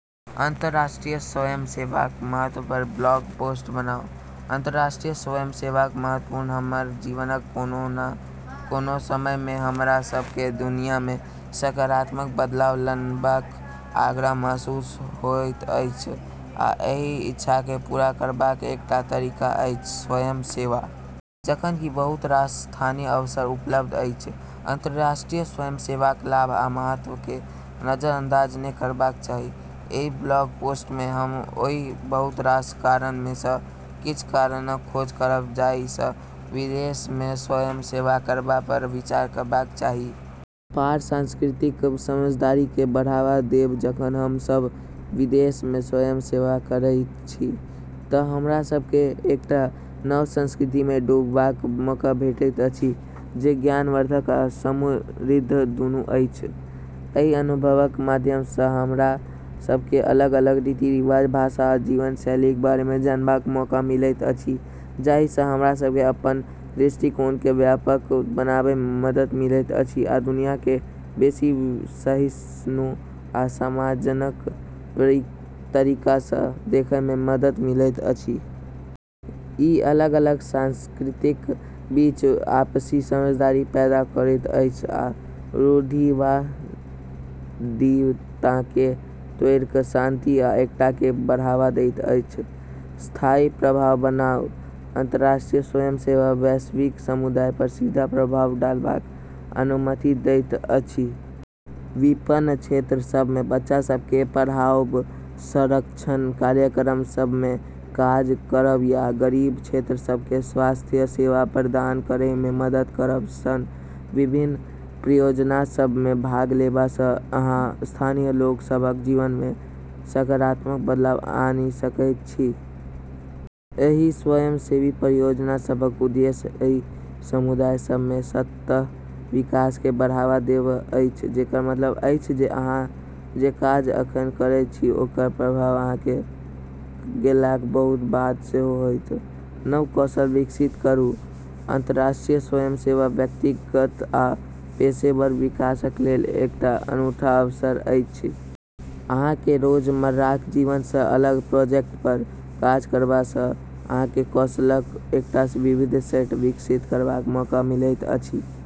अंतर्राष्ट्रीय स्वयंसेवाक महत्व पर ब्लॉग पोस्ट बनाउ। अंतर्राष्ट्रीय स्वयंसेवाक महत्व हमर जीवनक कोनो न कोनो समय मे हमरा सभकेँ दुनिया मे सकारात्मक बदलाव लानबाक आग्रह महसूस होइत अछि, आ एहि इच्छाकेँ पूरा करबाक एकटा तरीका अछि स्वयंसेवा। जखन कि बहुत रास स्थानीय अवसर उपलब्ध अछि, अंतर्राष्ट्रीय स्वयंसेवाक लाभ आ महत्वकेँ नजरअंदाज नहि करबाक चाही। एहि ब्लॉग पोस्ट मे हम ओहि बहुत रास कारण मे सँ किछ कारणक खोज करब जाही सँ विदेश मे स्वयंसेवा करबा पर विचार करबाक चाही। पार-सांस्कृतिक समझदारीकेँ बढ़ावा देब जखन हम सभ विदेश मे स्वयंसेवा करैत छी तँ हमरा सभकेँ एकटा नव संस्कृति मे डूबबाक मौका भेटैत अछि, जे ज्ञानवर्धक आ समृद्ध दुनू अछि। एहि अनुभवक माध्यम सँ हमरा सभकेँ अलग-अलग रीति-रिवाज, भाषा आ जीवनशैलीक बारे मे जानबाक मौका मिलैत अछि, जाही सँ हमरा सभकेँ अपन दृष्टिकोणकेँ व्यापक बनाबै मे मदद मिलैत अछि आ दुनियाकेँ बेसी सहिष्णु आ सम्मानजनक तरीका सँ देखै मे मदद मिलैत अछि। ई अलग-अलग संस्कृतिक बीच आपसी समझदारी पैदा करैत अछि आ रूढ़िवादिताकेँ तोड़ि कऽ शांति आ एकताकेँ बढ़ावा दैत अछि। स्थायी प्रभाव बनाउ अंतर्राष्ट्रीय स्वयंसेवा वैश्विक समुदाय पर सीधा प्रभाव डालबाक अनुमति दैत अछि। विपन्न क्षेत्र सभ मे बच्चा सभकेँ पढ़ाओब, संरक्षण कार्यक्रम सभ मे काज करब या गरीब क्षेत्र सभकेँ स्वास्थ्य सेवा प्रदान करै मे मदद करब सन विभिन्न परियोजना सभ मे भाग लेबा सँ अहाँ स्थानीय लोक सभक जीवन मे सकारात्मक बदलाव आनि सकैत छी। एहि स्वयंसेवी परियोजना सभक उद्देश्य एहि समुदाय सभ मे सतत विकासकेँ बढ़ावा देब अछि, जेकर मतलब अछि जे अहाँ जे काज एखन करैत छी ओकर प्रभाव अहाँक गेलाक बहुत बाद सेहो होयत। नव कौशल विकसित करू अंतर्राष्ट्रीय स्वयंसेवा व्यक्तिगत आ पेशेवर विकासक लेल एकटा अनूठा अवसर अछि। अहाँकेँ रोजमर्राक जीवन सँ अलग प्रोजेक्ट पर काज करबा सँ अहाँकेँ कौशलक एकटा विविध सेट विकसित करबाक मौका मिलैत अछि।